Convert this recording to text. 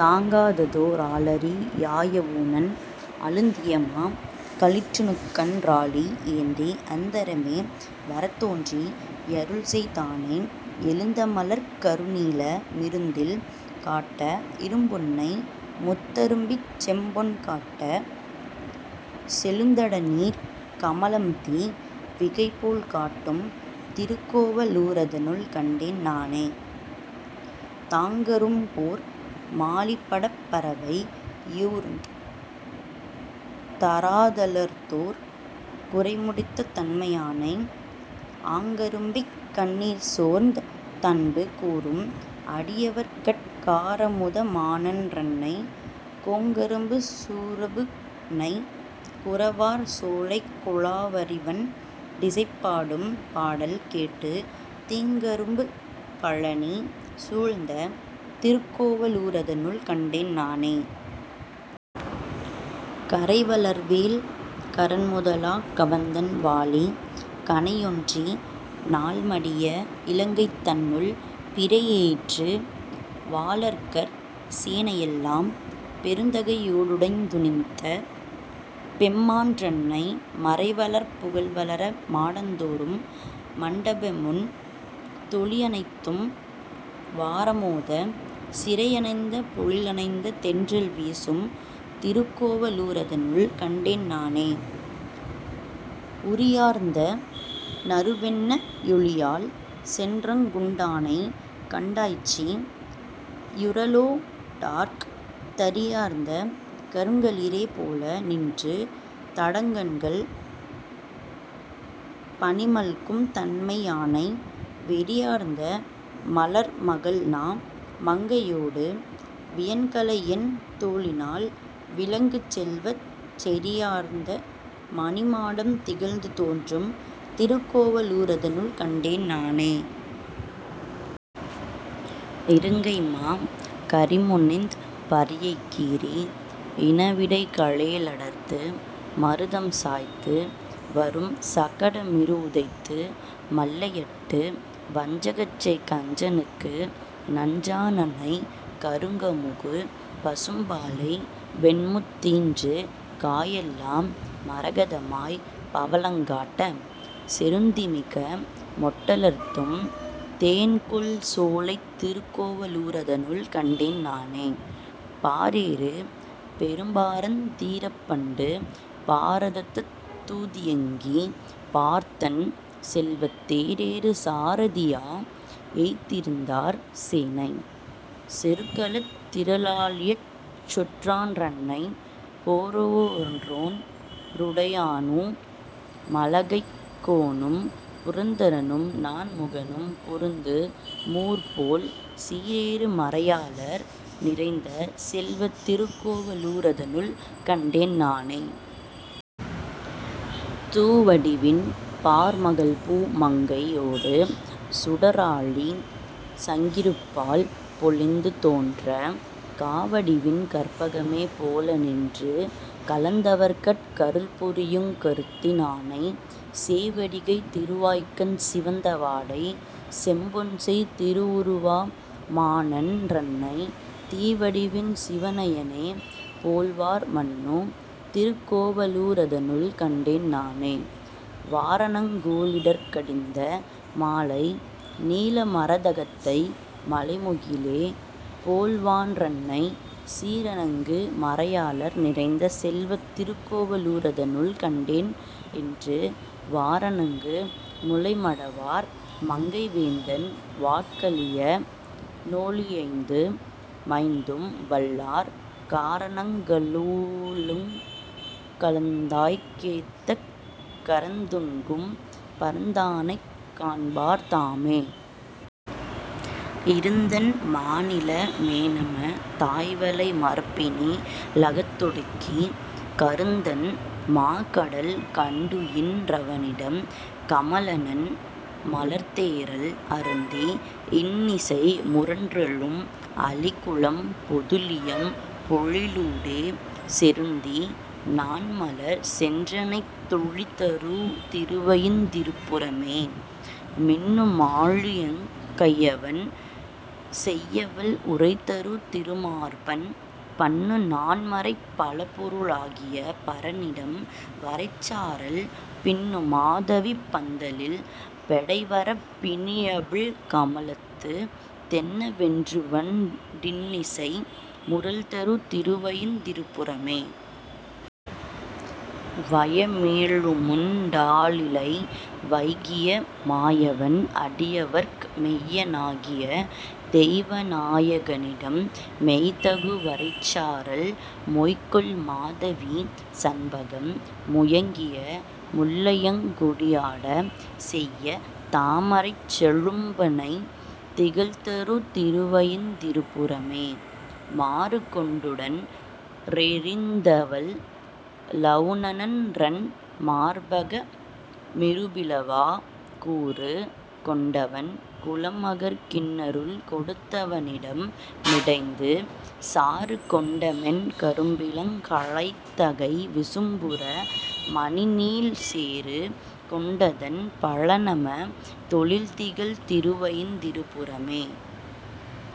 தாங்காததோ ராளரி யாயவுணன் -। அழுந்தியமா களிற்றினுக்கன் றாழி யேந்தி அந்தரமே வரத்தோன்றி யருள்செய் தானை, எழுந்தமலர்க் கருநீல மிருந்தில் காட்ட இரும்புன்னை முத்தரும்பிச் செம்பொன்காட்ட, செழுந்தடநீர்க் கமலம்தீ விகைபோல் காட்டும் திருக்கோவ லூரதனுள் கண்டேன் நானே.. தாங்கரும்போர் மாலிபடப் பறவை யூர்ந்து தராதலத்தோர் குறைமுடித்த தன்மையானை, ஆங்கரும்பிக் கண்ணீர்சோர்ந் தன்பு கூரும் அடியவர்கட் காரமுத மானான் றன்னை, கோங்கரும்பு சுரபுன்னை குரவார் சோலைக் குழாவரிவண் டிசைபாடும் பாடல் கேட்டு தீங்கரும்பு கழனி சூழ்ந்த திருக்கோவ லூரதனுள் கண்டேன் நானே.. கறைவளர்வேல் கரன்முதலாக் கவந்தன் வாலி கணையொன்றி நால்மடிய இலங்கைதன்னுள், பிறையெயிற்று வாளரக்கர் சேனை யெல்லாம் பெருந்தகையோ டுடந்துணித்த பெம்மான்றன்னை, மறைவளரப் புகழ்வளர மாடந் தோறும் மண்டபமொண் தொளியனைத்தும் வாரமோத, சிறையணைந்த பொழிலணைந்த தென்றல் வீசும் திருக்கோவ லூரதனுள் கண்டேன் நானே.. உறியார்ந்த நறுவெண்ணெ யொளியால் சென்றங் குண்டானைக் கண்டாய்ச்சி யுரலோ டார்க்க, தறியார்ந்த கருங்களிறே போல நின்று தடங்கண்கள் பனிமல்கும் தன்மை யானை, வெறியார்ந்த மலர்மகள்நா மங்கை யோடு, வியன்கலையெண் தோளினாள் விளங்கு, செல்வச் செறியார்ந்த மணிமாடம் திகழ்ந்து தோன்றும் திருக்கோவ லூரதனுள் கண்டேன் நானே.. இருங்கைம்மா கரிமுனிந்து பரியைக் கீறி இனவிடைக ளேழடர்த்து மருதம் சாய்த்து, வரும்சகட மிறவுதைத்து மல்லை யட்டு வஞ்சகஞ்செய் கஞ்சனுக்கு நஞ்சா னானை, கருங்கமுகு பசும்பாளை வெண்முத் தீன்று காயெல்லாம் மரகதமாய்ப் பவளங் காட்ட, செருந்திமிக மொட்டலர்த்தும் தேன்கொள்சோலைத் திருக்கோவ லூரதனுள் கண்டேன் நானே.. பாரேறு பெரும்பாரந் தீரப் பண்டு பாரதத்துத் தூதியங்கி, பார்த்தன் செல்வத் தேரேறு சாரதியா யெதிர்ந்தார் சேனை செருக்களத்துத் திறலழியச் செற்றான்றன்னை, போரேறொன் றுடையானு மளகைக் கோனும் புரந்தரனும் நான்முகனும் பொருந்து மூர்ப்போல், சீரேறு மறையாளர் நிறைந்த செல்வத் திருக்கோவ லூரதனுள் கண்டேன் நானே.. தூவடிவின் பார்மகள்பூ மங்கை யோடு சுடராழி சங்கிருபால் பொலிந்து தோன்ற, காவடிவின் கற்பகமே போல நின்று கலந்தவர்கட் கருள்புரியுங் கருத்தி னானை, சேவடிகை திருவாய்கண் சிவந்த வாடை செம்பொன்செய் திருவுருவ மானான் றன்னை, தீவடிவின் சிவனயனே போல்வார் மன்னு திருக்கோவ லூரதனுள் கண்டேன் நானே.. வாரணங்கொ ளிடர்க்கடிந்த மாலை நீல மரதகத்தை மழைமுகிலே போல்வான்றன்னை, சீரணங்கு மறையாளர் நிறைந்த செல்வத் திருக்கோவ லூரதனுள் கண்டேன், என்று வாரணங்கு முலைமடவார் மங்கை வேந்தன் வாட்கலிய னொலியைந்து மைந்தும் வல்லார், காரணங்க லாலுகங் கலந்தங்க் கேத்தக் கரந்தெங்கும் பரந்தானைக் காண்பர் தாமே. இருந்தண் மாநில மேனம தாய்வளை மருப்பினி லகத்தொடுக்கி, கருந்தண் மாகடல் கண்டுயின் றவனிடம் கமலநன் மலர்த்தேறல் அருந்தி, இன்னிசை முரன்றெழும் அளிகுலம் பொதுளியம் பொழிலூடே, செருந்தி நாண்மலர் சென்றணைந் துழிதரு திருவயிந் திரபுரமே.. மின்னு மாழியங் கையவன் செய்யவள் உறைதரு திருமார்பன், பன்னு நான்மறைப் பலபொரு ளாகிய பரனிடம் வரைச்சாரல், பின்னு மாதவிப் பந்தலில் பெடைவரப் பிணியவிழ் கமலத்து, தென்ன வென்றுவண் டின்னிசை முரல்தரு திருவயிந் திரபுரமே.. வைய மேழுமுண் டாலிலை வைகிய மாயவன், அடியவர்க்கு மெய்ய னாகிய தெய்வநா யகனிடம் மெய்தகு வரைச்சாரல், மொய்கொள் மாதவி சண்பகம் முயங்கிய முல்லையங் கொடியாட, செய்ய தாமரைச் செழும்பணை திகழ்தரு திருவயிந் திரபுரமே.. மாறு கொண்டுடன் றெதிர்ந்தவல் லவுணன்றன் மார்பக மிருபிளவா, கூறு கொண்டவன் குலமகற் கின்னருள் கொடுத்தவ னிடம், மிடைந்து சாறு கொண்டமென் கரும்பிளங் கழைதகை விசும்புற மணிநீழல், சேறு கொண்டதண் பழனம தெழில்திகழ் திருவயிந் திரபுரமே..